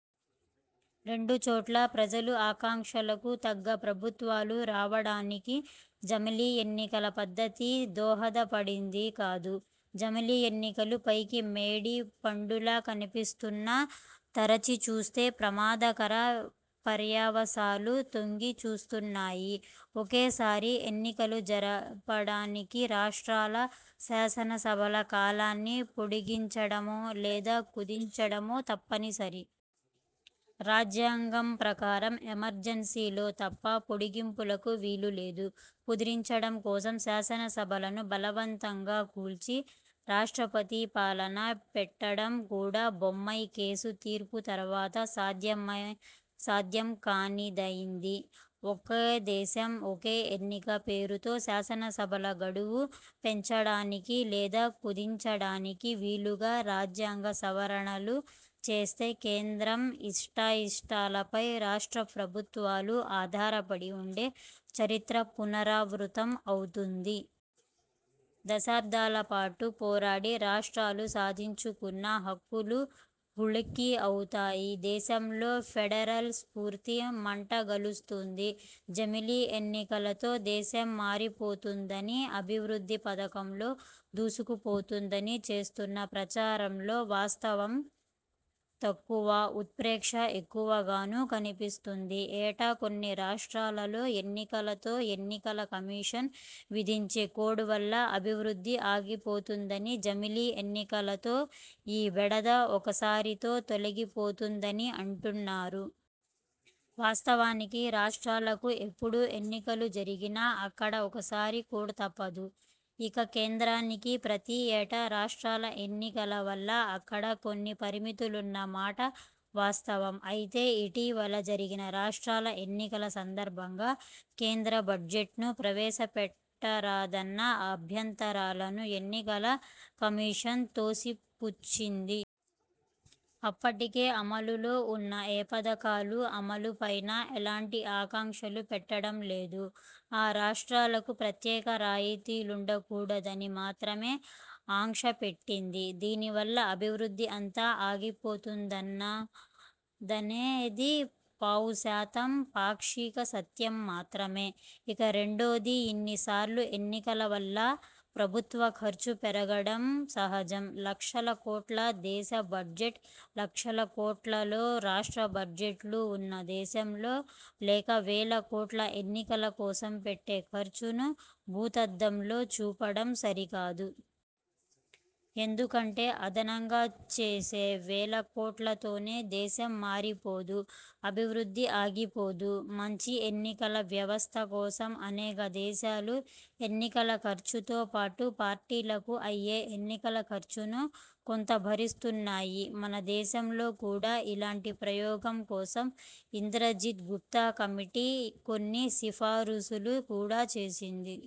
రెండు చోట్లా ప్రజల ఆకాంక్షలకు తగ్గ ప్రభుత్వాలు రావడానికి జమిలి ఎన్నికల పద్ధతి దోహదపడేది కాదు. జమిలి ఎన్నికలు పైకి మేడి పండులా కనిపిస్తున్నా తరిచి చూస్తే ప్రమాదకర పర్యవసానాలు తొంగి చూస్తున్నాయి. ఒకేసారి ఎన్నికలు జరపడానికి రాష్ట్రాల శాసనసభల కాలాన్ని పొడిగించడమో లేదా కుదించడమో తప్పనిసరి. రాజ్యాంగం ప్రకారం ఎమర్జెన్సీలో తప్ప పొడిగింపునకు వీలులేదు. కుదించడం కోసం శాసనసభలను బలవంతంగా కూల్చి రాష్ట్రపతి పాలన పెట్టడం కూడా బొమ్మై కేసు తీర్పు తర్వాత సాధ్యంకానిదైంది. ఒకే దేశం -ఒకేఎన్నిక పేరుతో శాసనసభల గడువు పెంచడానికి లేదా కుదించడానికి వీలుగా రాజ్యాంగ సవరణలు చేస్తే కేంద్రం ఇష్టాయిష్టాలపై రాష్ట్ర ప్రభుత్వాలు ఆధారపడి వుండే చరిత్ర పునరావృత్తం అవుతుంది. దశాబ్దాల పాటు పోరాడి రాష్ట్రాలు సాధించుకున్న హక్కులు హుళక్కి అవుతాయి. దేశంలో ఫెడరల్ స్ఫూర్తి మంటగలుస్తుంది. జమిలి ఎన్నికలతో దేశం మారిపోతుందనీ, అభివృద్ధి పథంలో దూసుకుపోతుందని చేస్తున్న ప్రచారంలో వాస్తవం తక్కువ ఉత్ప్రేక్ష ఎక్కువగానూ కనిపిస్తున్నది. ఏటా కొన్ని రాష్ట్రాలలో ఎన్నికలతో ఎన్నికల కమిషన్ విధించే కోడ్ వల్ల అభివృద్ధి ఆగిపోతుందని జమిలి ఎన్నికలతో ఈ బెడద ఒకసారితో తొలిగిపోతుందనీ అంటున్నారు. వాస్తవానికి రాష్ట్రాలకు ఎప్పుడు ఎన్నికలు జరిగినా అక్కడ ఒకసారి కోడ్ తప్పదు. ఇక కేంద్రానికి ప్రతి ఏటా రాష్ట్రాల ఎన్నికల వల్ల అక్కడ కొన్ని పరిమితులున్న మాట వాస్తవం. అయితే ఇటీవల జరిగిన రాష్ట్రాల ఎన్నికల సందర్భంగా కేంద్ర బడ్జెట్ను ప్రవేశపెట్టరాదన్న అభ్యంతరాలను ఎన్నికల కమిషన్ తోసిపుచ్చింది. అప్పటికే అమలులోవున్న ఏ పథకాల అమలుపైనా ఎలాంటి ఆంక్షలను పెట్టడం లేదు. ఆ రాష్ట్రాలకు ప్రత్యేక రాయితీలుండకూడదని మాత్రమే ఆంక్షపెట్టింది. దీనివల్లే అభివృద్ధి అంతా ఆగిపోతున్నదనేది పావుశాతం పాక్షిక సత్యం మాత్రమే. ఇక రెండోది ఇన్నిసార్లు ఎన్నికల వల్ల ప్రభుత్వ ఖర్చు పెరగడం సహజం. లక్షల కోట్ల దేశ బడ్జెట్, లక్షల కోట్లలో రాష్ట్ర బడ్జెట్లు వున్న దేశంలో లేక వేలకోట్లు ఎన్నికల కోసం పెట్టే ఖర్చును భూతద్దంలో చూపడం సరికాదు. ఎందుకంటే అదనంగా చేసే, వేల కోట్లుతోనే దేశం మారిపోదు, అభివృద్ధి ఆగిపోదు. మంచి ఎన్నికల వ్యవస్థ కోసం అనేక దేశాలు ఎన్నికల ఖర్చుతో పాటు పార్టీలకు అయ్యే ఎన్నికల ఖర్చును కొంత భరిస్తున్నాయి. మనదేశంలో కూడా ఇలాంటి ప్రయోగం కోసం ఇంద్రజిత్ గుప్తా కమిటీ కొన్ని సిఫారసులు కూడా చేసింది.